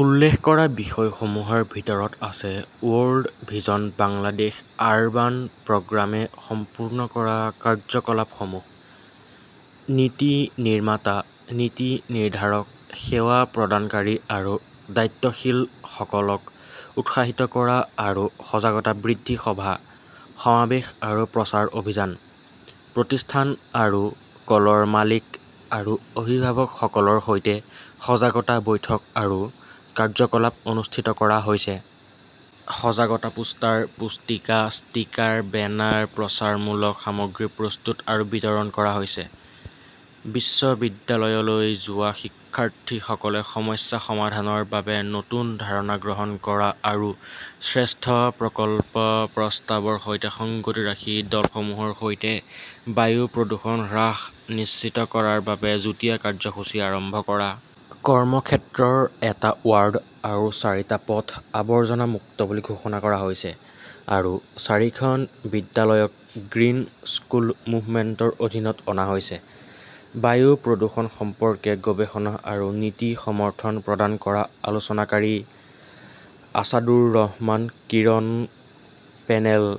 উল্লেখ কৰা বিষয়সমূহৰ ভিতৰত আছে ৱৰ্ল্ড ভিজন বাংলাদেশ আৰবান প্ৰগ্ৰামে সম্পূৰ্ণ কৰা কাৰ্যকলাপসমূহ-নীতি নিৰ্মাতা, নীতি নিৰ্ধাৰক, সেৱা প্ৰদানকাৰী আৰু দায়িত্বশীলসকলক উৎসাহিত কৰা আৰু সজাগতা বৃদ্ধি সভা, সমাৱেশ আৰু প্ৰচাৰ অভিযান। প্ৰতিষ্ঠান আৰু কলৰ মালিক আৰু অভিভাৱকসকলৰ সৈতে সজাগতা বৈঠক আৰু কাৰ্যকলাপ অনুষ্ঠিত কৰা হৈছে। সজাগতা পোষ্টাৰ, পুস্তিকা, ষ্টিকাৰ, বেনাৰ, প্ৰচাৰমূলক সামগ্ৰী প্ৰস্তুত আৰু বিতৰণ কৰা হৈছে। বিশ্ববিদ্যালয়লৈ যোৱা শিক্ষাৰ্থীসকলে সমস্যা সমাধানৰ বাবে নতুন ধাৰণা গ্ৰহণ কৰা আৰু শ্ৰেষ্ঠ প্ৰকল্প প্ৰস্তাৱৰ সৈতে সংগতি ৰাখি দলসমূহৰ সৈতে বায়ু প্ৰদূষণ হ্ৰাস নিশ্চিত কৰাৰ বাবে যুটীয়া কাৰ্যসূচী আৰম্ভ কৰা। কৰ্মক্ষেত্ৰৰ এটা ৱাৰ্ড আৰু চাৰিটা পথ আবৰ্জনা-মুক্ত বুলি ঘোষণা কৰা হৈছে আৰু চাৰিখন বিদ্যালয়ক গ্ৰীণ স্কুল মুভমেণ্টৰ অধীনত অনা হৈছে। বায়ু প্ৰদূষণ সম্পৰ্কে গৱেষণা আৰু নীতি সমৰ্থন প্ৰদান কৰা। আলোচনাকাৰী Asadur Rahman Kiran panel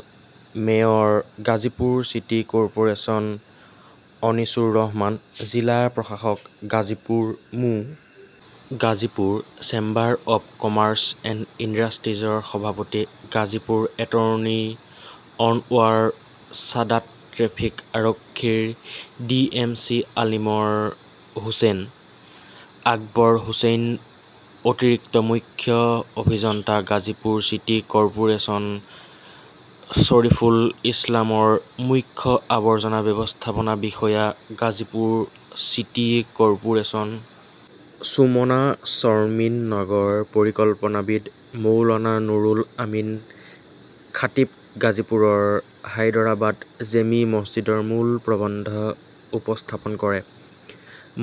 mayor Gazipur city corporation Anisur Rahman, জিলা প্ৰশাসক, গাজীপুৰ মো. Gazipur chamber of commerce and ইণ্ডাষ্ট্ৰীজৰ সভাপতি গাজীপুৰ এটৰ্নী অনৱাৰ ছাদাত, ট্ৰেফিক আৰক্ষীৰ ডিএমচি আলিমৰ হোসেন। আকবৰ হুছেইন অতিৰিক্ত মুখ্য অভিযন্তা গাজীপুৰ চিটি কৰ্পোৰেচন শৰিফুল ইছলামৰ মুখ্য আৱৰ্জনা ব্যৱস্থাপনা বিষয়া গাজীপুৰ চিটি কৰ্পোৰেচন সুমনা শৰ্মিন নগৰ পৰিকল্পনাবিদ মৌলানা নুৰুল আমিন খাটিব গাজীপুৰৰ হায়দৰাবাদ জেমি মছজিদৰ মূল প্ৰবন্ধ উপস্থাপন কৰে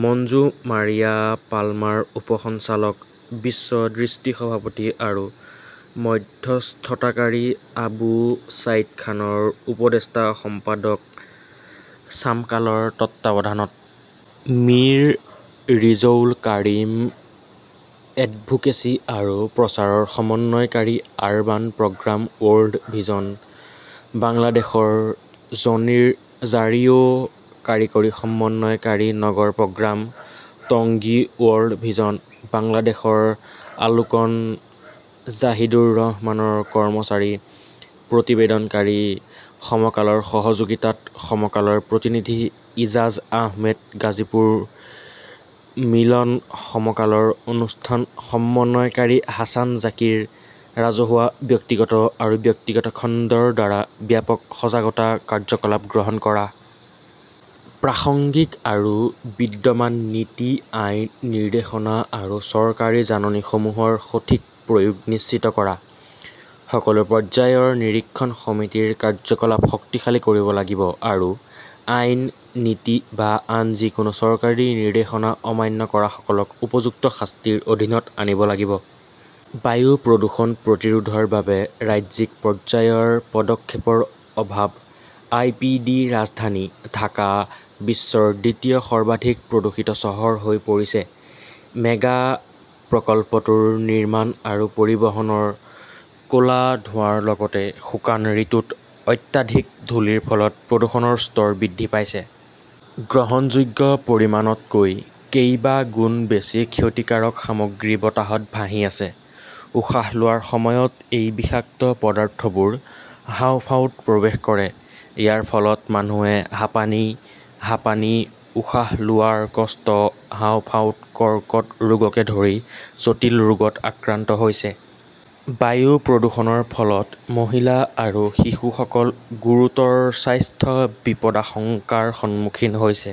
মঞ্জু মাৰিয়া পালমাৰ উপ সঞ্চালক, বিশ্ব দৃষ্টিৰ সভাপতি আৰু মধ্যস্থতাকাৰী আবু ছাইদ খানৰ উপদেষ্টা সম্পাদক সামকালৰ তত্বাৱধানত মিৰ ৰিজৌল কাৰিম এডভোকেচি আৰু প্ৰচাৰৰ সমন্বয়কাৰী, আৰবান প্ৰগ্ৰাম ৱৰ্ল্ড ভিজন বাংলাদেশৰ জনি ৰ 'জাৰিঅ' কাৰিকৰী সমন্বয়কাৰী নগৰ প্ৰগ্ৰাম, টংগী ৱৰ্ল্ড ভিজন বাংলাদেশৰ আলোকন জাহিদুৰ ৰহমানৰ কৰ্মচাৰী প্ৰতিবেদনকাৰী, সমকালৰ সহযোগিতাত সমকালৰ প্ৰতিনিধি ইজাজ আহমেদ গাজীপুৰ মিলন, সমকালৰ অনুষ্ঠান সমন্বয়কাৰী হাছান জাকিৰ ৰাজহুৱা, ব্যক্তিগত আৰু ব্যক্তিগত খণ্ডৰ দ্বাৰা ব্যাপক সজাগতা কাৰ্যকলাপ গ্ৰহণ কৰা। প্ৰাসংগিক আৰু বিদ্যমান নীতি, আইন, নিৰ্দেশনা আৰু চৰকাৰী জাননীসমূহৰ সঠিক প্ৰয়োগ নিশ্চিত কৰা। সকলো পৰ্যায়ৰ নিৰীক্ষণ সমিতিৰ কাৰ্য্যকলাপ শক্তিশালী কৰিব লাগিব আৰু আইন, নীতি বা আন যিকোনো চৰকাৰী নিৰ্দেশনা অমান্য কৰাসকলক উপযুক্ত শাস্তিৰ অধীনত আনিব লাগিব। বায়ু প্ৰদূষণ প্ৰতিৰোধৰ বাবে ৰাজ্যিক পৰ্যায়ৰ পদক্ষেপৰ অভাৱ আই পি ডি ৰাজধানী ঢাকা বিশ্বৰ দ্বিতীয় সৰ্বাধিক প্ৰদূষিত চহৰ হৈ পৰিছে। মেগা প্ৰকল্পটোৰ নিৰ্মাণ আৰু পৰিবহণৰ ক’লা ধোঁৱাৰ লগতে শুকান ঋতুত অত্যাধিক ধূলিৰ ফলত প্ৰদূষণৰ স্তৰ বৃদ্ধি পাইছে। গ্ৰহণযোগ্য পৰিমাণতকৈ কেইবাগুণ বেছি ক্ষতিকাৰক সামগ্ৰী বতাহত ভাহি আছে। উশাহ লোৱাৰ সময়ত এই বিষাক্ত পদাৰ্থবোৰ হাঁওফাঁওত প্ৰৱেশ কৰে। ইয়াৰ ফলত মানুহে হাঁপানি, হাঁপানি, উশাহ লোৱাৰ কষ্ট, হাঁওফাঁওৰ কৰ্কট ৰোগকে ধৰি জটিল ৰোগত আক্ৰান্ত হৈছে। বায়ু প্ৰদূষণৰ ফলত মহিলা আৰু শিশুসকল গুৰুতৰ স্বাস্থ্য বিপদাশংকাৰ সন্মুখীন হৈছে।